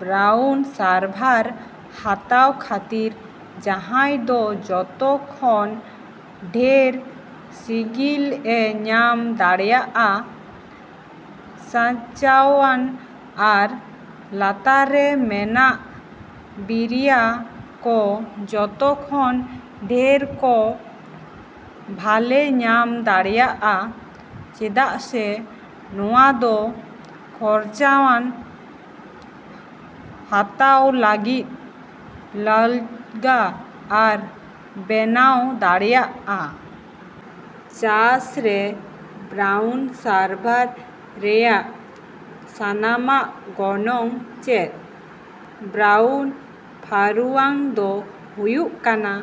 Brown ᱥᱟᱨᱵᱷᱟᱨ ᱦᱟᱛᱟᱣ ᱠᱷᱟᱹᱛᱤᱨ ᱡᱟᱦᱟᱸᱭ ᱫᱚ ᱡᱚᱛᱚ ᱠᱷᱚᱱ ᱰᱷᱮᱨ ᱥᱤᱜᱤᱞ ᱮ ᱧᱟᱢ ᱫᱟᱲᱮᱭᱟᱜᱼᱟ? ᱥᱟᱧᱪᱟᱣᱼᱟᱱ ᱟᱨ ᱞᱟᱛᱟᱨ ᱨᱮ ᱢᱮᱱᱟᱜ ᱵᱤᱨᱤᱭᱟᱹ ᱠᱚ ᱡᱚᱛᱚ ᱠᱷᱚᱱ ᱰᱷᱮᱨ ᱠᱚ ᱵᱷᱟᱞᱮ ᱧᱟᱢ ᱫᱟᱲᱮᱭᱟᱜᱼᱟ ᱪᱮᱫᱟᱜ ᱥᱮ ᱱᱚᱶᱟ ᱫᱚ ᱠᱷᱚᱨᱪᱟᱼᱟᱱ, ᱦᱟᱛᱟᱣ ᱞᱟᱹᱜᱤᱫ ᱟᱞᱜᱟ ᱟᱨ ᱵᱮᱱᱟᱣ ᱫᱟᱲᱮᱹᱭᱟᱜᱼᱟ᱾ ᱪᱟᱥ ᱨᱮ ᱵᱨᱟᱣᱩᱱ ᱥᱟᱨᱵᱷᱟᱨ ᱨᱮᱭᱟᱜ ᱥᱟᱱᱟᱢᱟᱜ ᱜᱚᱱᱚᱝ ᱪᱮᱫ? ᱵᱨᱟᱣᱩᱱ ᱯᱷᱟᱨᱩᱭᱟᱝ ᱫᱚ ᱦᱩᱭᱩᱜ ᱠᱟᱱᱟ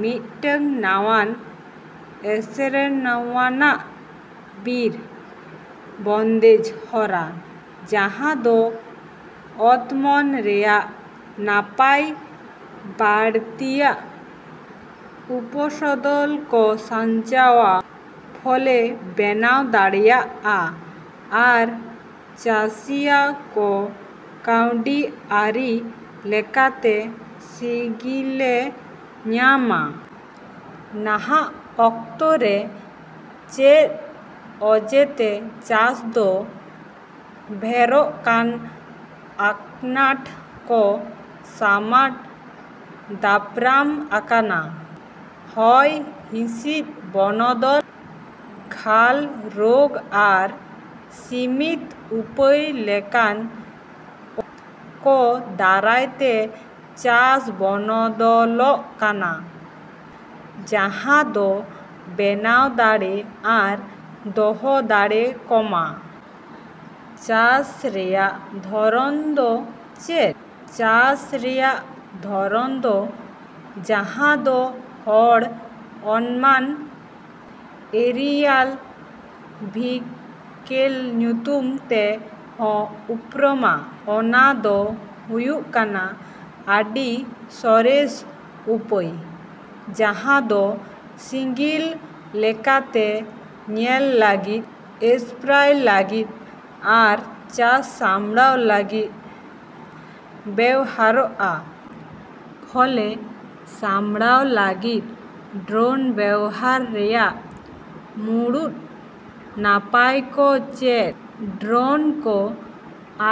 ᱢᱤᱫᱴᱟᱝ ᱱᱟᱶᱟᱱ, ᱮᱥᱮᱨᱼᱥᱩᱢᱟᱹᱱᱟᱱ ᱵᱤᱨ ᱵᱚᱱᱫᱮᱡ ᱦᱚᱨᱟ ᱡᱟᱦᱟᱸ ᱫᱚ ᱚᱛᱢᱚᱱ ᱨᱮᱭᱟᱜ ᱱᱟᱯᱟᱭ ᱵᱟᱹᱲᱛᱤᱜᱼᱟ, ᱩᱯᱚᱥᱚᱫᱚᱞ ᱠᱚ ᱥᱟᱧᱪᱟᱣᱼᱟ, ᱯᱷᱚᱞᱮ ᱵᱮᱱᱟᱣ ᱫᱟᱲᱮᱹᱭᱟᱜᱼᱟ ᱟᱨ ᱪᱟᱥᱤᱭᱟᱹ ᱠᱚ ᱠᱟᱹᱣᱰᱤ ᱟᱹᱨᱤ ᱞᱮᱠᱟᱛᱮ ᱥᱤᱜᱤᱞᱮ ᱧᱟᱢᱼᱟ᱾ ᱱᱟᱦᱟᱜ ᱚᱠᱛᱚ ᱨᱮ ᱪᱮᱫ ᱚᱡᱮᱛᱮ ᱪᱟᱥ ᱫᱚ ᱰᱷᱮᱨᱚᱜ ᱠᱟᱱ ᱟᱱᱟᱴ ᱠᱚ ᱥᱟᱢᱟᱝ ᱫᱟᱯᱨᱟᱢ ᱟᱠᱟᱱᱟ? ᱦᱚᱭ ᱦᱤᱥᱤᱫ ᱵᱚᱱᱚᱫᱚᱞ, ᱜᱷᱟᱹᱞ, ᱨᱳᱜᱽ ᱟᱨ ᱥᱤᱢᱤᱛ ᱩᱯᱟᱹᱭ ᱞᱮᱠᱟᱱ ᱚᱡᱮ ᱠᱚ ᱫᱟᱨᱟᱭ ᱛᱮ ᱪᱟᱥ ᱵᱚᱱᱚᱫᱚᱞᱚᱜ ᱠᱟᱱᱟ, ᱡᱟᱦᱟᱸ ᱫᱚ ᱵᱮᱱᱟᱣ ᱫᱟᱲᱮ ᱟᱨ ᱫᱚᱦᱚ ᱫᱟᱲᱮ ᱠᱚᱢᱼᱟ᱾ ᱪᱟᱥ ᱨᱮᱭᱟᱜ ᱫᱷᱚᱨᱚᱱ ᱠᱚ ᱪᱮᱫ? ᱪᱟᱥ ᱨᱮᱭᱟᱜ ᱫᱷᱚᱨᱚᱱ ᱠᱚ, ᱡᱟᱦᱟᱸ ᱫᱚ ᱦᱚᱲ ᱟᱱᱢᱟᱱ ᱮᱨᱤᱭᱟᱞ ᱵᱷᱤᱠᱮᱞ ᱧᱩᱛᱩᱢ ᱛᱮ ᱦᱚᱸ ᱩᱯᱨᱩᱢᱟ, ᱚᱱᱟ ᱫᱚ ᱦᱩᱭᱩᱜ ᱠᱟᱱᱟ ᱟᱹᱰᱤ ᱥᱚᱨᱮᱥ ᱩᱯᱟᱹᱭ ᱡᱟᱦᱟᱸ ᱫᱚ ᱥᱤᱜᱤᱞ ᱞᱮᱠᱟᱛᱮ ᱧᱮᱞ ᱞᱟᱹᱜᱤᱫ, ᱮᱥᱯᱨᱟᱭ ᱞᱟᱹᱜᱤᱫ ᱟᱨ ᱪᱟᱥ ᱥᱟᱢᱲᱟᱣ ᱞᱟᱹᱜᱤᱫ ᱵᱮᱣᱦᱟᱨᱚᱜᱼᱟ᱾ ᱯᱷᱚᱞᱮ ᱥᱟᱢᱲᱟᱣ ᱞᱟᱹᱜᱤᱫ ᱰᱨᱚᱱ ᱵᱮᱣᱦᱟᱨ ᱨᱮᱭᱟᱜ ᱢᱩᱲᱩᱫ ᱱᱟᱯᱟᱭ ᱠᱚ ᱪᱮᱫ? ᱰᱨᱚᱱ ᱠᱚ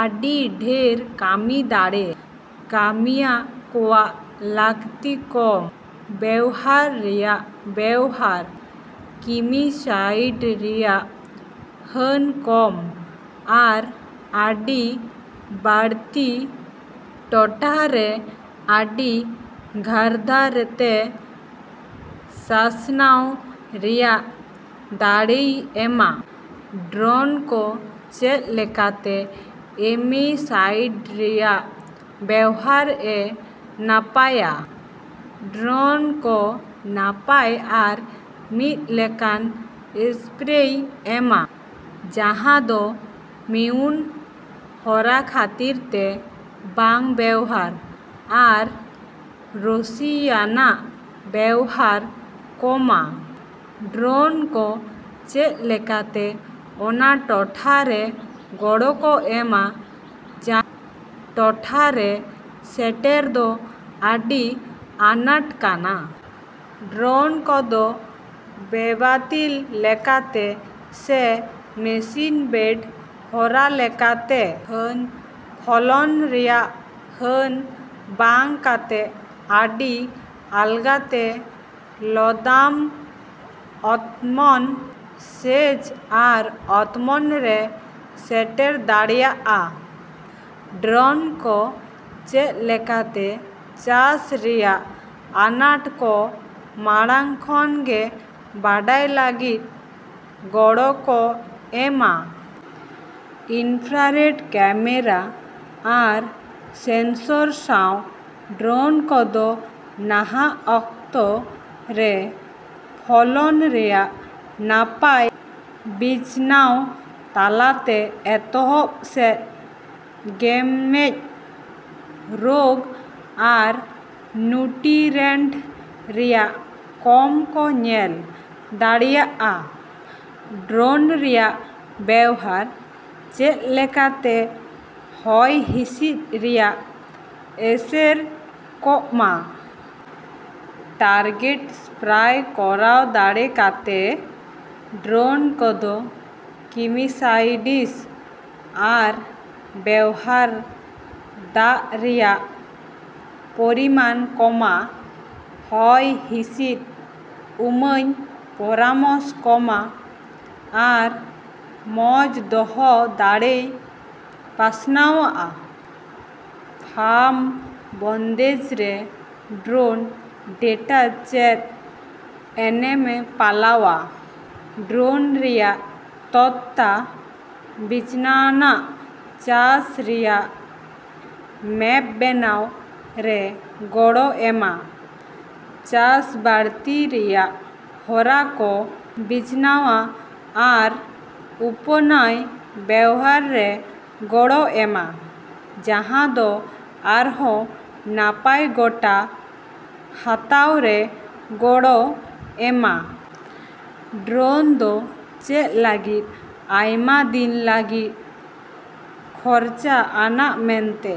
ᱟᱹᱰᱤ ᱰᱷᱮᱨ ᱠᱟᱹᱢᱤ ᱫᱟᱲᱮ, ᱠᱟᱹᱢᱤᱭᱟᱹ ᱠᱚᱣᱟᱜ ᱞᱟᱹᱠᱛᱤ ᱠᱚᱢ, ᱵᱮᱶᱦᱟᱨ ᱨᱮᱭᱟᱜ ᱵᱮᱶᱦᱟᱨ, ᱠᱤᱢᱤᱥᱟᱭᱰ ᱨᱮᱭᱟᱜ ᱦᱟᱹᱱ ᱠᱚᱢ ᱟᱨ ᱟᱹᱰᱤ ᱵᱟᱹᱲᱛᱤ ᱴᱚᱴᱷᱟ ᱨᱮ ᱟᱹᱰᱤ ᱜᱟᱹᱨᱫᱷᱟᱹᱛᱮ ᱯᱟᱥᱱᱟᱣ ᱨᱮᱭᱟᱜ ᱫᱟᱲᱮᱭ ᱮᱢᱼᱟ᱾ ᱰᱨᱚᱱ ᱠᱚ ᱪᱮᱫ ᱞᱮᱠᱟᱛᱮ ᱮᱢᱤᱥᱴᱟᱭᱰᱤᱥ ᱨᱮᱭᱟᱜ ᱵᱮᱣᱦᱟᱨ ᱮ ᱱᱟᱯᱟᱭᱼᱟ? ᱰᱨᱚᱱ ᱠᱚ ᱱᱟᱯᱟᱭ ᱟᱨ ᱢᱤᱫ ᱞᱮᱠᱟᱱ ᱮᱥᱯᱨᱮᱭ ᱮᱢᱼᱟ, ᱡᱟᱦᱟᱸ ᱫᱚ ᱢᱮᱱᱩᱞ ᱦᱚᱨᱟ ᱠᱷᱟᱹᱛᱤᱨ ᱛᱮ ᱵᱟᱝ ᱵᱮᱣᱦᱟᱨ ᱟᱨ ᱨᱚᱥᱤᱭᱟᱱᱟᱜ ᱵᱮᱶᱦᱟᱨ ᱠᱚᱢᱼᱟ᱾ ᱰᱨᱚᱱ ᱠᱚ ᱪᱮᱫ ᱞᱮᱠᱟᱛᱮ ᱚᱱᱟ ᱴᱚᱴᱷᱟ ᱨᱮ ᱜᱚᱲᱚ ᱠᱚ ᱮᱢᱼᱟ ᱡᱟᱦᱟᱸ ᱴᱚᱴᱷᱟ ᱨᱮ ᱥᱮᱴᱮᱨ ᱫᱚ ᱟᱹᱰᱤ ᱟᱱᱟᱴ ᱠᱟᱱᱟ᱾ ᱰᱨᱚᱱ ᱠᱚᱫᱚ ᱵᱮᱼᱵᱟᱹᱛᱤᱞ ᱞᱮᱠᱟᱛᱮ ᱥᱮ ᱢᱮᱥᱤᱱᱼᱵᱮᱹᱰ ᱦᱚᱨᱟ ᱞᱮᱠᱟᱛᱮ, ᱯᱷᱚᱞᱚᱱ ᱨᱮᱭᱟᱜ ᱦᱟᱹᱱ ᱵᱟᱝ ᱠᱟᱛᱮ ᱟᱹᱰᱤ ᱟᱞᱜᱟᱛᱮ ᱞᱚᱫᱟᱢ ᱚᱛᱢᱚᱱ, ᱥᱮᱪ ᱟᱨ ᱚᱛᱢᱚᱱ ᱨᱮ ᱥᱮᱴᱮᱨ ᱫᱟᱲᱮᱹᱭᱟᱜᱼᱟ᱾ ᱰᱨᱚᱱ ᱠᱚ ᱪᱮᱫ ᱞᱮᱠᱟᱛᱮ ᱪᱟᱥ ᱨᱮᱭᱟᱜ ᱟᱱᱟᱴ ᱠᱚ ᱢᱟᱲᱟᱝ ᱠᱷᱚᱱ ᱜᱮ ᱵᱟᱰᱟᱭ ᱞᱟᱹᱜᱤᱫ ᱜᱚᱲᱚ ᱠᱚ ᱮᱢᱼᱟ? ᱤᱱᱯᱷᱨᱟᱨᱮᱰ ᱠᱮᱢᱮᱨᱟ ᱟᱨ ᱥᱮᱱᱥᱳᱨ ᱥᱟᱶ ᱰᱨᱚᱱ ᱠᱚᱫᱚ ᱱᱟᱦᱟᱜ ᱚᱠᱛᱚ ᱨᱮ ᱯᱷᱚᱞᱚᱱ ᱨᱮᱭᱟᱜ ᱱᱟᱯᱟᱭ ᱵᱤᱪᱷᱱᱟᱶ ᱛᱟᱞᱟᱛᱮ ᱮᱛᱚᱦᱚᱵ ᱥᱮᱫ ᱜᱮᱢᱮᱧ, ᱨᱳᱜᱽ ᱟᱨ ᱱᱩᱴᱤᱨᱮᱱᱴ ᱨᱮᱭᱟᱜ ᱠᱚᱢ ᱠᱚ ᱧᱮᱞ ᱫᱟᱲᱮᱹᱭᱟᱜᱼᱟ᱾ ᱰᱨᱚᱱ ᱨᱮᱭᱟᱜ ᱵᱮᱣᱦᱟᱨ ᱪᱮᱫ ᱞᱮᱠᱟᱛᱮ ᱦᱚᱭ ᱦᱤᱥᱤᱫ ᱨᱮᱭᱟᱜ ᱮᱥᱮᱨ ᱠᱚᱢᱼᱟ? ᱴᱟᱨᱜᱮᱴ ᱥᱯᱨᱟᱭ ᱠᱚᱨᱟᱣ ᱫᱟᱲᱮ ᱠᱟᱛᱮ, ᱰᱨᱚᱱ ᱠᱚᱫᱚ ᱠᱤᱢᱤᱥᱟᱭᱰᱤᱥ ᱟᱨ ᱵᱮᱣᱦᱟᱨ ᱫᱟᱜ ᱨᱮᱭᱟᱜ ᱯᱚᱨᱤᱢᱟᱱ ᱠᱚᱢᱼᱟ, ᱦᱚᱭ ᱦᱤᱥᱤᱫ ᱩᱢᱟᱹᱧ ᱯᱚᱨᱟᱢᱚᱥ ᱠᱚᱢᱼᱟ ᱟᱨ ᱡᱳᱨ ᱫᱚᱦᱚ ᱫᱟᱲᱮᱭ ᱯᱟᱥᱱᱟᱣᱼᱟ᱾ ᱯᱷᱟᱢ ᱵᱚᱱᱫᱮᱡ ᱨᱮ ᱰᱨᱚᱱ ᱰᱮᱴᱟ ᱪᱮᱫ ᱮᱱᱮᱢᱮ ᱯᱟᱞᱟᱣᱼᱟ? ᱰᱨᱚᱱ ᱨᱮᱭᱟᱜ ᱛᱚᱛᱛᱟ ᱵᱤᱪᱷᱱᱟᱣᱟᱱᱟᱜ ᱪᱟᱥ ᱨᱮᱭᱟᱜ ᱢᱮᱯ ᱵᱮᱱᱟᱣ ᱨᱮ ᱜᱚᱲᱚ ᱮᱢᱼᱟ, ᱪᱟᱥ ᱵᱟᱹᱲᱛᱤ ᱨᱮᱭᱟᱜ ᱦᱚᱨᱟ ᱠᱚ ᱵᱤᱪᱷᱱᱟᱣᱟ ᱟᱨ ᱩᱯᱟᱹᱭᱟᱱ ᱵᱮᱣᱦᱟᱨ ᱨᱮ ᱜᱚᱲᱚ ᱮᱢᱼᱟ, ᱡᱟᱦᱟᱸ ᱫᱚ ᱟᱨᱦᱚᱸ ᱱᱟᱯᱟᱭ ᱜᱚᱴᱟ ᱦᱟᱛᱟᱣ ᱨᱮ ᱜᱚᱲᱚ ᱮᱢᱼᱟ᱾ ᱰᱨᱚᱱ ᱫᱚ ᱪᱮᱫ ᱞᱟᱹᱜᱤᱫ ᱟᱭᱢᱟ ᱫᱤᱱ ᱞᱟᱹᱜᱤᱫ ᱠᱷᱚᱨᱪᱟ ᱟᱱᱟᱜ ᱢᱮᱱᱛᱮ